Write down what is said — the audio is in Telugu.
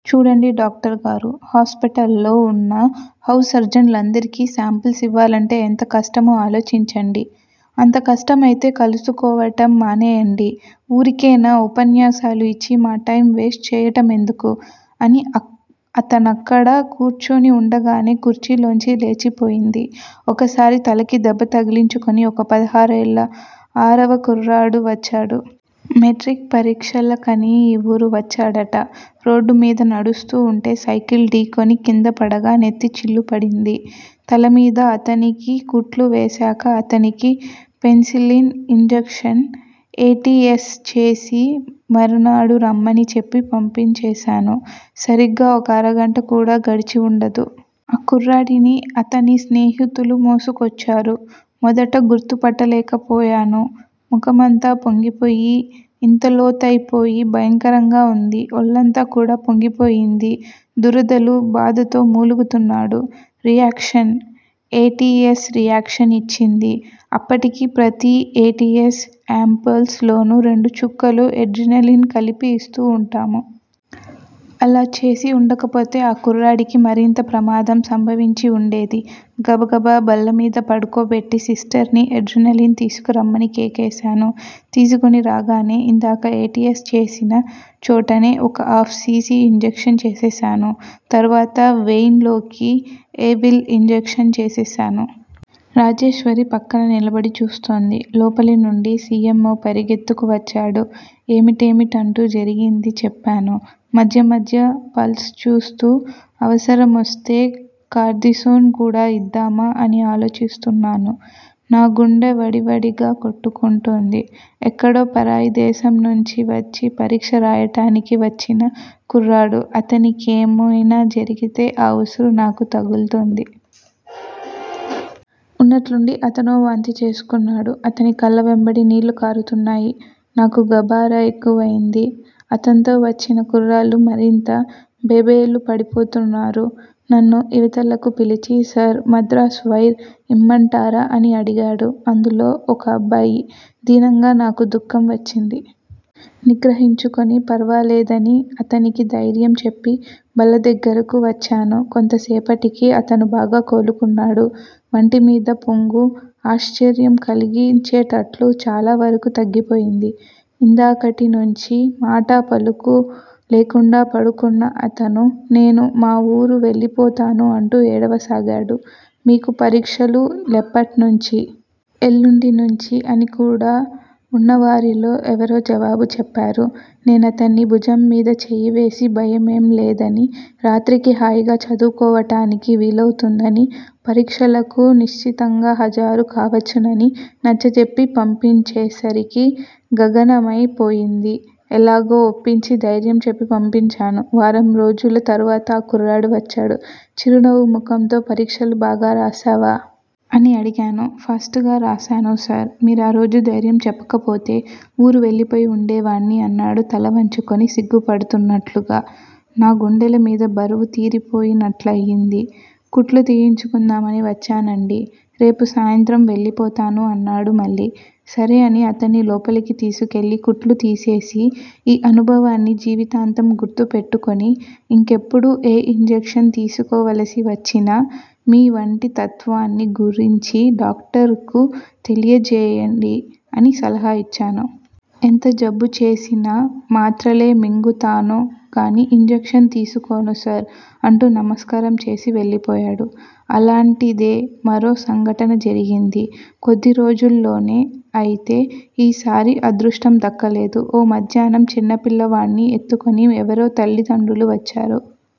చూడండి డాక్టరుగారూ! హాస్పిటల్లో వున్న హౌస్ సర్జన్లందరికీ శాంపిల్స్ ఇవ్వాలంటే ఎంత కష్టమో ఆలోచించండి. అంత కష్టమైతే కలుసుకోవటం మానేయ్యండి. ఊరికినే ఉపన్యాసాలు ఇచ్చి మా టైమ్ వేస్ట్ చేయటమెందుకు? అని, అతనక్కడ కూర్చుని వుండగానే కుర్చీలోంచి లేచిపోయింది. ఒకసారి తలకి దెబ్బ తగిలించుకుని ఓ పదహారేళ్ళ అరవ కుర్రాడు వచ్చాడు. మెట్రిక్ పరీక్షలకని ఈ ఊరు వచ్చాడట రోడ్డు మీద నడుస్తూ వుంటే సైకిలు ఢీకొని క్రిందపడగా నెత్తి చిల్లుపడింది. తలమీద అతనికి కుట్లు వేశాక అతనికి penicillin injection, A. T. S. చేసి మరునాడు రమ్మని చెప్పి పంపించేశాను. సరిగ్గా ఒక అరగంట కూడా గడిచి వుండదు. ఆ కుర్రాడిని అతని స్నేహితులు మోసుకొచ్చారు. మొదట గుర్తుపట్టలేకపోయాను. ముఖమంతా పొంగిపోయి, ఇంతలోతైపోయి భయంకరంగా వుంది. వళ్ళంతా కూడా పొంగిపోయింది. దురదలు, బాధతో మూలుగుతున్నాడు. Reaction! A. T. S. Reaction ఇచ్చింది. అప్పటికి ప్రతి ఎ. టి. ఎస్. యాంప్యూల్ లోనూ రెండు చుక్కలు ఎడ్రినలిన్ కలిపి ఇస్తూ వుంటాము. అలా చేసివుండకపోతే ఆ కుర్రాడికి మరింత ప్రమాదం సంభవించి వుండేది. గబగబ బల్లమీద పడుకోబెట్టి సిస్టర్ని ఎడ్రినలిన్ తీసుకురమ్మని కేకేశాను. తీసుకురాగానే ఇందాక ఎ. టి. ఎస్. చేసిన చోటనే ఒక ఆఫ్ సి. సి. ఇంజక్ట్ చేసేశాను. తర్వాత వెయిన్ లోకి ఎవిల్ ఇంజక్షన్ చేసేశాను. రాజేశ్వరి ప్రక్కన నిలబడి చూస్తోంది లోపలినుండి సి. ఎమ్. ఓ. పరిగెత్తుకు వచ్చాడు, ఏమిటేమిటంటూ జరిగింది చెప్పాను. మధ్య మధ్య పల్స్ చూస్తూ, అవసరమొస్తే కార్దిసోన్ కూడా ఇద్దామా అని ఆలోచిస్తున్నాను. నా గుండె వడి వడిగా కొట్టుకుంటోంది. ఎక్కడో పరాయి దేశం నుంచి పరీక్ష రాయటానికి వచ్చిన కుర్రాడు, అతనికేమైనా జరిగితే ఆ ఉసురు నాకు తగుల్తుంది. ఉన్నట్లుండి అతనో వాంతి చేసుకున్నాడు. అతని కళ్ళ వెంబడి నీళ్ళు కారుతున్నాయి. నాకు గాబరా ఎక్కువయింది. అతన్తో వచ్చిన కుర్రాళ్ళు మరింత బెంబేలు పడిపోతున్నారు. నన్ను ఇవతలకు పిలిచి సార్! మద్రాస్ వైర్ ఇమ్మంటారా అని అడిగాడు అందులో ఓ అబ్బాయి, దీనంగా. నాకు దుఃఖం వచ్చింది. నిగ్రహించుకుని, పర్వాలేదని అతనికి ధైర్యం చెప్పి బల్ల దగ్గరకు వచ్చాను. కొంతసేపటికి అతను బాగా కోలుకున్నాడు. వంటిమీద పొంగు ఆశ్చర్యం కలిగించేటట్లు చాలా వరకూ తగ్గిపోయింది. ఇందాకటి నుంచీ మాటా పలుకూ లేకుండా పడుకున్న అతను నేను మా ఊరు వెళ్ళిపోతాను అంటూ ఏడవసాగాడు. మీకు పరీక్ష లెప్పట్నుంచి? ఎల్లుండి నుంచి అని కూడా వున్నవారిలో ఎవరో జవాబు చెప్పారు. నేనతని భుజంమీద చేయివేసి భయంలేదనీ, రాత్రికి హాయిగా చదువుకోవటానికి వీలవుతుందనీ, పరీక్షలకు నిశ్చింతగా హాజరు కావచ్చుననీ నచ్చజెప్పి పప్పించేసరికి గగనమై పోయింది ఎలాగో ఒప్పించి ధైర్యం చెప్పి పంపించాను. వారంరోజుల తర్వాత ఆ కుర్రాడు వచ్చాడు, చిరునవ్వు ముఖంతో పరీక్షలు బాగా రాశావా? అని అడిగాను. ఫస్ట్ గా రాశాను సార్! మీరారోజు ధైర్యం చెప్పకపోతే ఊరు వెళ్ళిపోయి వుండేవాణ్ని అన్నాడు తల వంచుకుని, సిగ్గుపడుతూన్నట్లుగా. నా గుండెలమీద బరువు తీరిపోయినట్లయింది. కుట్లు తీయించుకుందామని వచ్చానండీ. రేపు సాయంత్రం వెళ్ళిపోతాను అన్నాడు మళ్ళీ. సరే అని అతన్ని లోపలకు తీసుకువెళ్ళి కుట్లు తీసేసి ఈ అనుభవాన్ని జీవితాంతం గుర్తు పెట్టుకుని, ఇంకెప్పుడూ ఏ ఇంజక్షన్ తీసుకోవలసి వచ్చినా మీ వంటి తత్వాన్ని గురించి డాక్టరుకు తెలియజేయండి అని సలహా ఇచ్చాను. ఎంత జబ్బుచేసినా మాత్రలే మింగుతాను గాని ఇంజక్షన్ తీసుకోను సార్! అంటూ నమస్కారం చేసి, వెళ్ళిపోయాడు. అలాంటిదే మరో సంఘటన జరిగింది, కొద్ది రోజుల్లోనే. అయితే ఈసారి అదృష్టం దక్కలేదు. ఓ మధ్యాహ్నం చిన్నపిల్లాణ్ని ఎత్తుకుని ఎవరో తల్లిదండ్రులు వచ్చారు.